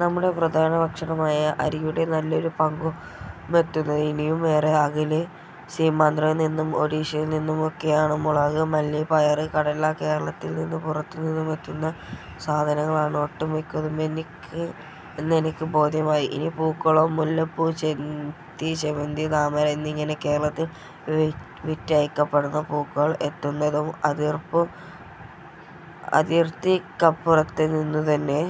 നമ്മുടെ പ്രധാനഭക്ഷണമായ അരിയുടെ നല്ലൊരു പങ്കുമെത്തുന്നത് ഇനിയു മേറെ അകലെ സീമാന്ധ്രയിൽ നിന്നും ഒഡിഷയിൽ നിന്നുമൊക്കെയാണ്. മുളക്, മല്ലി, പയർ, കടല... കേരളത്തിന് പുറത്തു നിന്നും എത്തുന്ന സാധനങ്ങളാണ് ഒട്ടുമിക്കതും എന്നെനിക്ക് ബോധ്യമായി. ഇനി പൂക്കളോ? മുല്ലപ്പൂ, ചെത്തി, ജമന്തി, താമര എന്നിങ്ങനെ കേരളത്തിൽ വിറ്റഴിക്കപ്പെടുന്ന പൂക്കൾ എത്തുന്നതും അതിർത്തിക്കപ്പുറത്തു നിന്നുതന്നെ.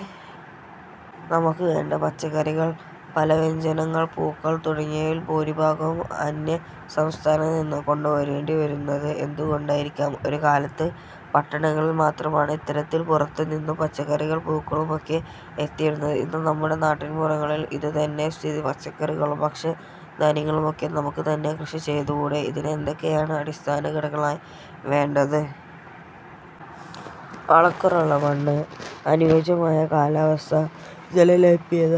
നമുക്ക് വേണ്ട പച്ചക്കറികൾ, പലവ്യഞ്ജനങ്ങൾ, പൂക്കൾ തുടങ്ങിയവയിൽ ഭൂരിഭാഗവും അന്യസംസ്ഥാനങ്ങളിൽ നിന്നും കൊണ്ടു വരേണ്ടിവരുന്നത് എന്തുകൊണ്ടായിരിക്കാം? ഒരു കാലത്ത് പട്ടണങ്ങളിൽ മാത്രമാണ് ഇത്തരത്തിൽ പുറത്തുനിന്നും പച്ചക്കറികളും പൂക്കളുമൊക്കെ എത്തിയിരുന്നത്. ഇന്ന് നമ്മുടെ നാട്ടിൻപുറങ്ങളിലും ഇതുതന്നെ സ്ഥിതി. പച്ചക്കറികളും ഭക്ഷ്യധാന്യങ്ങളുമൊക്കെ നമുക്ക് തന്നെ കൃഷി ചെയ്തുകൂടേ? ഇതിന് എന്തൊക്കെയാണ് അടിസ്ഥാനഘടകങ്ങളായി വേണ്ടത്? വളക്കൂറുള്ള മണ്ണ്, അനുയോജ്യമായ, കാലാവസ്ഥ, ജലലഭ്യത,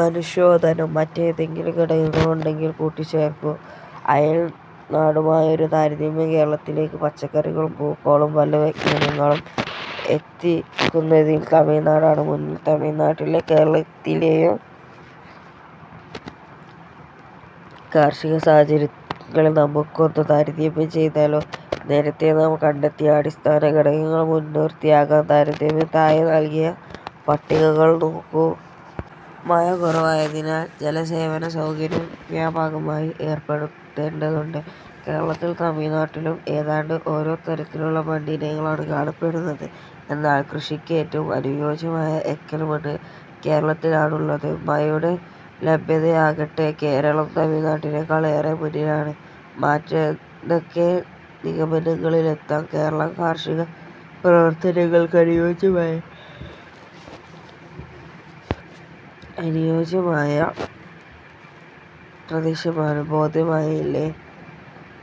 മനുഷ്യാധ്വാനം മറ്റേതെങ്കിലും ഘടകങ്ങളുണ്ടങ്കിൽ കൂട്ടിച്ചേർക്കൂ. അയൽനാടുമായൊരു താരതമ്യം കേരളത്തിലേക്ക് പച്ചക്കറികളും പൂക്കളും പലവ്യഞ്ജനങ്ങളും എത്തിക്കുന്നതിൽ തമിഴ്നാടാണ് മുന്നിൽ. തമിഴ്നാട്ടിലെയും കേരളത്തിലെയും കാർഷിക സാഹചര്യങ്ങൾ നമുക്കൊന്ന് താരതമ്യം ചെയ്താലോ? നേരത്തെ നാം കണ്ടെത്തിയ അടിസ്ഥാനഘടകങ്ങൾ മുൻനിർത്തിയാകാം താരതമ്യം. താഴെ നൽകിയ പട്ടികകൾ നോക്കൂ. മഴ കുറവായതിനാൽ ജലസേചന സൗകര്യം വ്യാപകമായി ഏർപ്പെടുത്തേണ്ടതുണ്ട്. കേരളത്തിലും തമിഴ്നാട്ടിലും ഏതാണ്ട് ഒരേതരത്തിലുള്ള മണ്ണിനങ്ങളാണ് കാണപ്പെടുന്നത്. എന്നാൽ കൃഷിക്ക് ഏറ്റവും അനുയോജ്യമായ എക്കൽമണ്ണ് കേരളത്തിലാണുള്ളത്. മഴയുടെ ലഭ്യതയിലാകട്ടെ കേരളം തമിഴ്നാടിനേക്കാൾ ഏറെ മുന്നിലാണ്. മറ്റെന്തൊക്കെ നിഗമനങ്ങളിലെത്താം? കേരളം കാർഷിക പ്രവർത്തനങ്ങൾക്ക് അനുയോജ്യമായ പ്രദേശമാണെന്ന് ബോധ്യമായില്ലേ?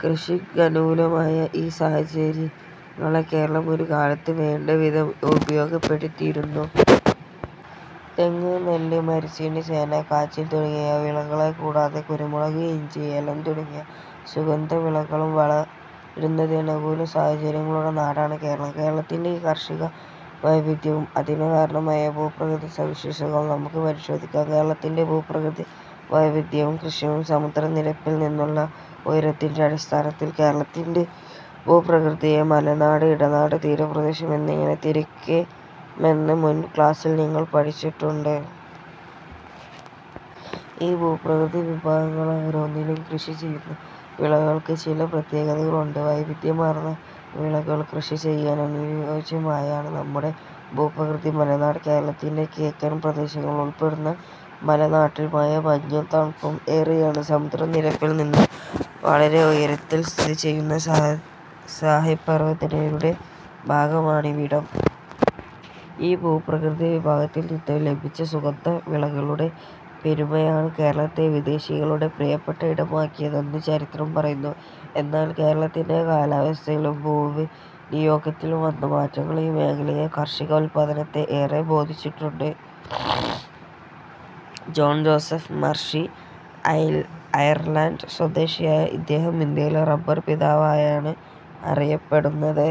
കൃഷിക്കനുകൂലമായ ഈ സാഹചര്യങ്ങളെ കേരളം ഒരു കാലത്ത് വേണ്ടവിധം ഉപയോഗപ്പെടുത്തിയിരുന്നു. തെങ്ങ്, നെല്ല്, മരച്ചീനി, ചേന, കാച്ചിൽ തുടങ്ങിയ വിളകളെക്കൂടാതെ കുരുമുളക്, ഇഞ്ചി, ഏലം തുടങ്ങിയ സുഗന്ധവിളകളും വളരുന്നതിന് അനുകൂല സാഹചര്യങ്ങളുള്ള നാടാണ് കേരളം. കേരളത്തിന്റെ ഈ കാർഷികവൈവിധ്യവും അതിനു കാരണമായ ഭൂപ്രകൃതിസവിശേഷതകളും നമുക്ക് പരിശോധിക്കാം. കേരളത്തിന്റെ ഭൂപ്രകൃതി വൈവിധ്യവും കൃഷിയും സമുദ്രനിരപ്പിൽ നിന്നുള്ള ഉയരത്തിന്റെ അടിസ്ഥാനത്തിൽ കേരളത്തിന്റെ ഭൂപ്രകൃതിയെ മലനാട്, ഇടനാട്, തീരപ്രദേശം എന്നിങ്ങനെ തിരിക്കാമെന്ന് മുൻ ക്ലാസ്സിൽ നിങ്ങൾ പഠിച്ചിട്ടുണ്ട്. ഈ ഭൂപ്രകൃതി വിഭാഗങ്ങളോരോന്നിലും കൃഷി ചെയ്യുന്ന വിളകൾക്ക് ചില പ്രത്യേകതകളുണ്ട്. വൈവിധ്യമാർന്ന വിളകൾ കൃഷി ചെയ്യാൻ അനുയോജ്യമാണ് നമ്മുടെ ഭൂപ്രകൃതി. മലനാട് കേരളത്തിന്റെ കിഴക്കൻ പ്രദേശങ്ങൾ ഉൾപ്പെടുന്ന മല നാട്ടിൽ മഴയും മഞ്ഞും തണുപ്പും ഏറെയാണ്. സമുദ്ര നിരപ്പിൽ നിന്നും വളരെ ഉയരത്തിൽ സ്ഥിതി ചെയ്യുന്ന സഹ്യപർവ്വതനിരയുടെ ഭാഗമാണിവിടം. ഈ ഭൂപ്രകൃതി വിഭാഗത്തിൽ നിന്നും ലഭിച്ച സുഗന്ധ വിളകളുടെ പെരുമയാണ് കേരളത്തെ വിദേശികളുടെ പ്രിയപ്പെട്ട ഇടമാക്കിയതെന്ന് ചരിത്രം പറയുന്നു. എന്നാൽ കേരളത്തിന്റെ കാലാവസ്ഥയിലും ഭൂവിനിയോഗത്തിലും വന്ന മാറ്റങ്ങൾ ഈ മേഖലയിലെ കാർഷിക ഉല്പാദനത്തെ ഏറെ ബാധിച്ചിട്ടുണ്ട്. ജോൺ ജോസഫ് മർഷി അയർലന്റ് സ്വദേശിയായ ഇദ്ദേഹം ഇന്ത്യയിലെ റബർ പിതാവായാണ് അറിയപ്പെടുന്നത്.